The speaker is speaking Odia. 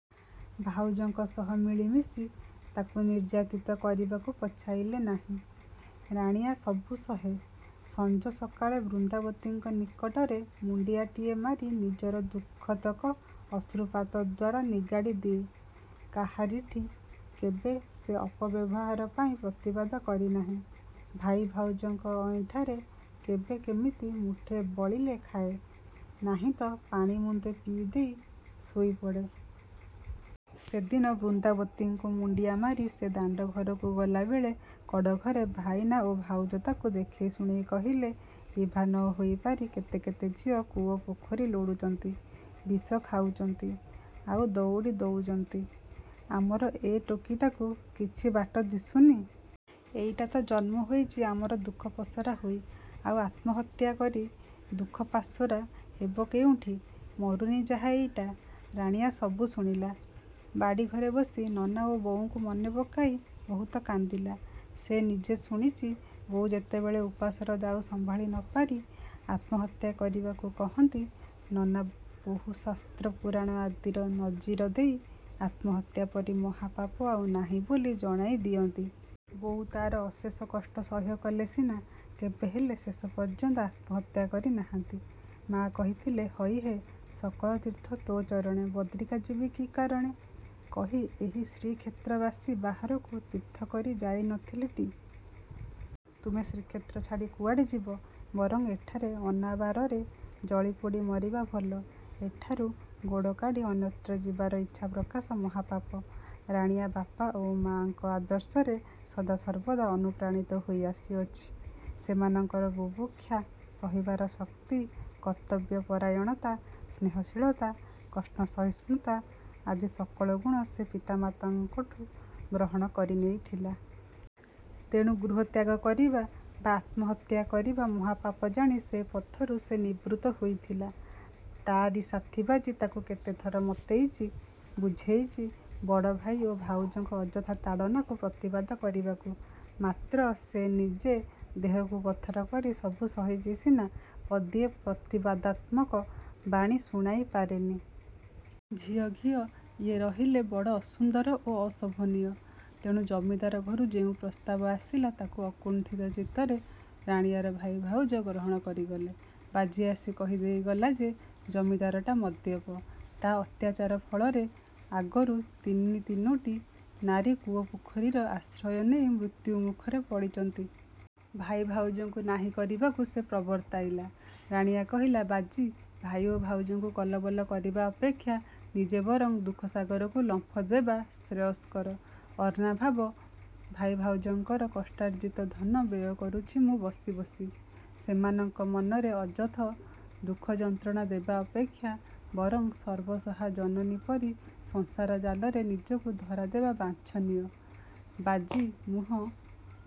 ଭାଉଜଙ୍କ ସହ ମିଳିମିଶି ତାକୁ ନିର୍ଯ୍ୟାତିତ କରିବାକୁ ପଛାଇଲେ ନାହିଁ। ରାଣୀଆ ସବୁ ସହେ। ସଞ୍ଜ ସକାଳେ ବୃନ୍ଦାବତୀଙ୍କ ନିକଟରେ ମୁଣ୍ଡିଆଟିଏ ମାରି ନିଜର ଦୁଃଖତକ ଅଶ୍ରୁପାତ ଦ୍ୱାରା ନିଗାଡ଼ି ଦିଏ। କାହାରିଠି କେବେ ସେ ଅପବ୍ୟବହାର ପାଇଁ ପ୍ରତିବାଦ କରିନାହିଁ। ଭାଇ ଭାଉଜଙ୍କ ଅଇଁଠାରେ କେବେ କେମିତି ମୁଠେ ବଳିଲେ ଖାଏ, ନାହିଁ ତ ପାଣି ମୁନ୍ଦେ ପିଇ ଦେଇ ଶୋଇପଡ଼େ। ସେଦିନ ବୃନ୍ଦାବତୀଙ୍କୁ ମୁଣ୍ଡିଆ ମାରି ସେ ଦାଣ୍ଡଘରକୁ ଗଲାବେଳେ କଡ଼ଘରେ ଭାଇନା ଓ ଭାଉଜ ତାକୁ ଦେଖେଇ ଶୁଣେଇ କହିଲେ-ବିଭା ନ ହୋଇ ପାରି କେତେ କେତେ ଝିଅ କୂଅ ପୋଖରୀ ଲୋଡ଼ୁଚନ୍ତି, ବିଷ ଖାଉଚନ୍ତି, ଆଉ ଦଉଡ଼ି ଦଉଚନ୍ତି। ଆମର ଏ ଟୋକିଟାକୁ କିଛି ବାଟ ଦିଶୁନି? ଏଇଟା ତ ଜନ୍ମ ହୋଇଚି ଆମର ଦୁଃଖ ପସରା ହୋଇ, ଆଉ ଆତ୍ମହତ୍ୟା କରି ଦୁଃଖ ପାଶୋରା ହବ କେଉଁଠି? ମରୁନି ଯାହା ଏଇଟା। ରାଣୀଆ ସବୁ ଶୁଣିଲା। ବାଡ଼ି ଘରେ ବସି ନନା ଓ ବୋଉଙ୍କୁ ମନେ ପକାଇ ବହୁତ କାନ୍ଦିଲା। ସେ ନିଜେ ଶୁଣିଚି, ବୋଉ ଯେତେବେଳେ ଉପାସର ଦାଉ ସମ୍ଭାଳି ନ ପାରି ଆତ୍ମହତ୍ୟା କରିବାକୁ କହନ୍ତି, ନନା ବହୁ ଶାସ୍ତ୍ର ପୁରାଣ ଆଦିର ନଜିର ଦେଇ ଆତ୍ମହତ୍ୟା ପରି ମହାପାପ ଆଉ ନାହିଁ ବୋଲି ଜଣାଇ ଦିଅନ୍ତି। ବୋଉ ତାର ଅଶେଷ କଷ୍ଟ ସହ୍ୟ କଲେ ସିନା; କେବେହେଲେ ଶେଷ ପର୍ଯ୍ୟନ୍ତ ଆତ୍ମହତ୍ୟା କରି ନାହାନ୍ତି। ମା' କହିଥିଲେ, ହଇହେ 'ସକଳ ତୀର୍ଥ ତୋ ଚରଣେ, ବଦ୍ରିକା ଯିବି କି କାରଣେ' କହି ଏହି ଶ୍ରୀକ୍ଷେତ୍ରବାସୀ ବାହାରକୁ ତୀର୍ଥ କରି ଯାଇ ନ ଥିଲେ ଟି? ତୁମେ ଶ୍ରୀକ୍ଷେତ୍ର ଛାଡ଼ି କୁଆଡ଼େ ଯିବ? ବରଂ ଏଠାରେ ଅନାବାରରେ ଜଳି ପୋଡ଼ି ମରିବା ଭଲ, ଏଠାରୁ ଗୋଡ଼ କାଢ଼ି ଅନ୍ୟତ୍ର ଯିବାର ଇଚ୍ଛା ପ୍ରକାଶ, ମହାପାପ। ରାଣୀଆ ବାପା ଓ ମାଙ୍କ ଆଦର୍ଶରେ ସଦାସର୍ବଦା ଅନୁପ୍ରାଣିତ ହୋଇ ଆସିଅଛି। ସେମାନଙ୍କର ବୁଭୁକ୍ଷା ସହିବାର ଶକ୍ତି, କର୍ତ୍ତବ୍ୟପରାୟଣତା, ସ୍ନେହଶୀଳତା, କଷ୍ଟ ସହିଷ୍ଣୁତା ଆଦି ସକଳ ଗୁଣ ସେ ପିତାମାତାଙ୍କଠୁ ଗ୍ରହଣ କରି ନେଇଥିଲା। ତେଣୁ ଗୃହତ୍ୟାଗ କରିବା ବା ଆତ୍ମହତ୍ୟା କରିବା ମହାପାପ ଜାଣି ସେ ପଥରୁ ସେ ନିବୃତ୍ତ ହୋଇଥିଲା। ତାରି ସାଥୀ ବାଜି ତାକୁ କେତେଥର ମତେଇଚି, ବୁଝେଇଚି, ବଡ଼ଭାଇ ଓ ଭାଉଜଙ୍କ ଅଯଥା ତାଡ଼ନାକୁ ପ୍ରତିବାଦ କରିବାକୁ-। ମାତ୍ର ସେ ନିଜେ ଦେହକୁ ପଥର କରି ସବୁ ସହିଚି ସିନା ପଦିଏ ପ୍ରତିବାଦାତ୍ମକ ବାଣୀ ଶୁଣାଇ ପାରେନି। ଝିଅ, ଘିଅ-ଇଏ ରହିଲେ ବଡ଼ ଅସୁନ୍ଦର ଓ ଅଶୋଭନୀୟ, ତେଣୁ ଜମିଦାର ଘରୁ ଯେଉଁ ପ୍ରସ୍ତାବ ଆସିଲା, ତାକୁ ଅକୁଣ୍ଠିତ ଚିତ୍ତରେ ରାଣୀଆର ଭାଇ ଭାଉଜ ଗ୍ରହଣ କରିଗଲେ। ବାଜି ଆସି କହି ଦେଇଗଲା ଯେ, ଜମିଦାରଟା ମଦ୍ୟପ। ତା ଅତ୍ୟାଚାର ଫଳରେ ଆଗରୁ ତିନି ତିନୋଟି ନାରୀ କୂଅ ପୋଖରୀର ଆଶ୍ରୟ ନେଇ ମୃତ୍ୟୁ ମୁଖରେ ପଡ଼ିଚନ୍ତି। ଭାଇ ଭାଉଜଙ୍କୁ ନାହିଁ କରିବାକୁ ସେ ପ୍ରବର୍ତ୍ତାଇଲା। ରାଣୀଆ କହିଲା-ବାଜି! ଭାଇ ଓ ଭାଉଜଙ୍କୁ କଲବଲ କରିବା ଅପେକ୍ଷା ନିଜେ ବରଂ ଦୁଃଖ ସାଗରକୁ ଲମ୍ପ ଦେବା ଶ୍ରେୟସ୍କର। ଅନ୍ନାଭାବ, ଭାଇ ଭାଉଜଙ୍କର କଷ୍ଟାର୍ଜିତ ଧନ ବ୍ୟୟ କରୁଛି ମୁଁ ବସି ବସି। ସେମାନଙ୍କ ମନରେ ଅଯଥ ଦୁଃଖ ଯନ୍ତ୍ରଣା ଦେବା ଅପେକ୍ଷା ବରଂ ସର୍ବସହା ଜନନୀ ପରି ସଂସାର ଜାଲରେ ନିଜକୁ ଧରାଦେବା ବାଞ୍ଛନୀୟ। ବାଜି ମୁହଁ